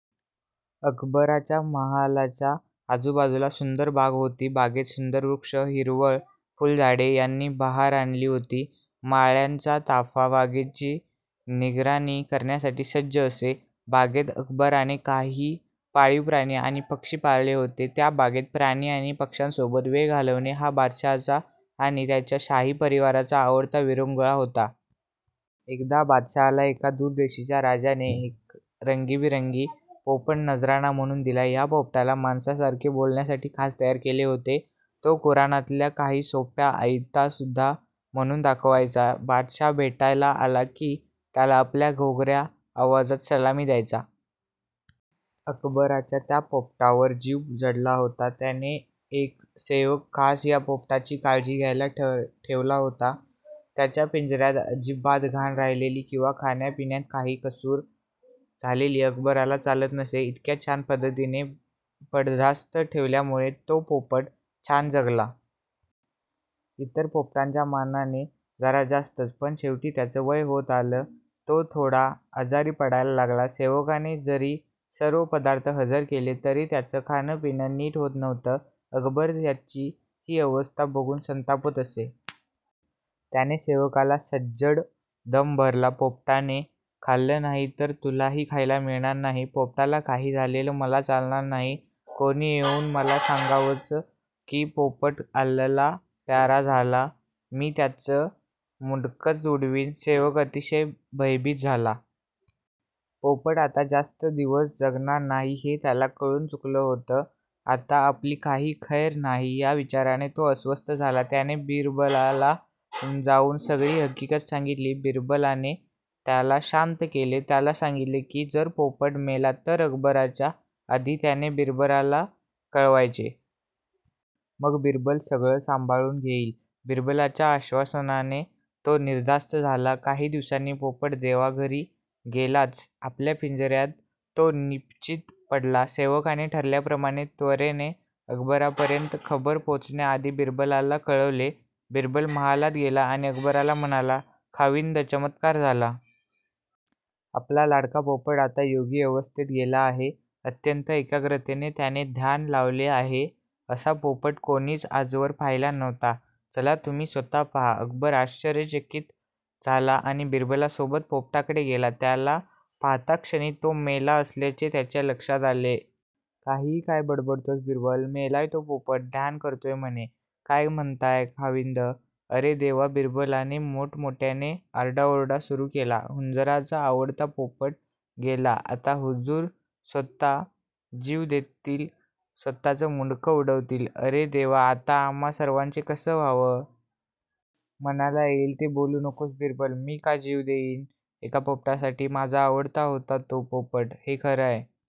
अकबराच्या महालाच्या आजूबाजूला सुंदर बाग होती. बागेत सुंदर वृक्ष, हिरवळ, फुलझाडे यांनी बहार आणली होती. माळ्यांचा ताफा बागेची निगराणी करण्यासाठी सज्ज असे. बागेत अकबराने काही पाळीव प्राणी आणि पक्षी पाळले होते. त्या बागेत प्राणी आणि पक्ष्यांसोबत वेळ घालवणे हा बादशहाचा आणि त्याच्या शाही परिवाराचा आवडता विरंगुळा होता. एकदा बादशहाला एका दूरदेशीच्या राजाने एक रंगीबिरंगी पोपट नजराणा म्हणुन दिला. ह्या पोपटाला माणसासारखे बोलण्यासाठी खास तयार केले होते. तो कुराणातल्या काही सोप्या आयतासुद्धा म्हणुन दाखवायचा. बादशहा भेटायला आला कि त्याला आपल्या घोगऱ्या आवाजात सलामी द्यायचा. अकबराचा त्या पोपटावर जीव जडला होता. त्याने एक सेवक खास ह्या पोपटाची काळजी घ्यायला ठेवला होता. त्याच्या पिंजऱ्यात अजिबात घाण राहिलेली किंवा खाण्या पिण्यात काही कसुर झालेली अकबराला चालत नसे. इतक्या छान पद्धतीने बडदास्त ठेवल्यामुळे तो पोपट छान जगला. इतर पोपटांच्या मानाने जरा जास्तच. पण शेवटी त्याचं वय होत आलं. तो थोडा आजारी पडायला लागला. सेवकाने जरी सर्व पदार्थ हजर केले तरी त्याचं खाणं पिणं नीट होत नव्हतं. अकबर त्याची हि अवस्था बघुन संतापत असे. त्याने सेवकाला सज्जड दम भरला. पोपटाने खाल्लं नाही तर तुलाही खायला मिळणार नाही. पोपटाला काही झालेलं मला चालणार नाही. कोणी येऊन मला सांगावंच कि पोपट अल्लाला प्यारा झाला, मी त्याचं मुंडकंच उडवीन. सेवक अतिशय भयभीत झाला. पोपट आता जास्त दिवस जगणार नाही हे त्याला कळुन चुकलं होतं. आता आपली काही खैर नाही या विचाराने तो अस्वस्थ झाला. त्याने बिरबलाला जाऊन सगळी हकीकत सांगितली. बिरबलाने त्याला शांत केले. त्याला सांगितले कि जर पोपट मेला तर अकबराच्या आधी त्याने बिरबलाला कळवायचे. मग बिरबल सगळं सांभाळुन घेईल. बिरबलाच्या आश्वासनाने तो निर्धास्त झाला. काही दिवसांनी पोपट देवाघरी गेलाच. आपल्या पिंजऱ्यात तो निपचित पडला. सेवकाने ठरल्याप्रमाणे त्वरेने अकबरापर्यंत खबर पोचण्याआधी बिरबलाला कळवले. बिरबल महालात गेला आणि अकबराला म्हणाला खाविंद, चमत्कार झाला. आपला लाडका पोपट आता योगी अवस्थेत गेला आहे. अत्यंत एकाग्रतेने त्याने ध्यान लावले आहे. असा पोपट कोणीच आजवर पाहिला नव्हता. चला तुम्ही स्वतः पहा. अकबर आश्चर्यचकित झाला आणि बिरबलसोबत पोपटाकडे गेला. त्याला पाहताक्षणी तो मेला असल्याचे त्याच्या लक्षात आले. काहीही काय बडबडतोस बिरबल? मेलाय तो पोपट. ध्यान करतोय म्हणे. काय म्हणताय खाविंद? अरे देवा बिरबलाने मोठमोठ्याने आरडाओरडा सुरु केला. हुजुरांचा आवडता पोपट गेला. आता हुजूर स्वतः जीव देतील, स्वतःचं मुंडकं उडवतील. अरे देवा आता आम्हा सर्वांचं कसं व्हावं. मनाला येईल ते बोलु नकोस, बिरबल. मी का जीव देईन एका पोपटासाठी? माझा आवडता होता तो पोपट हे खरंय,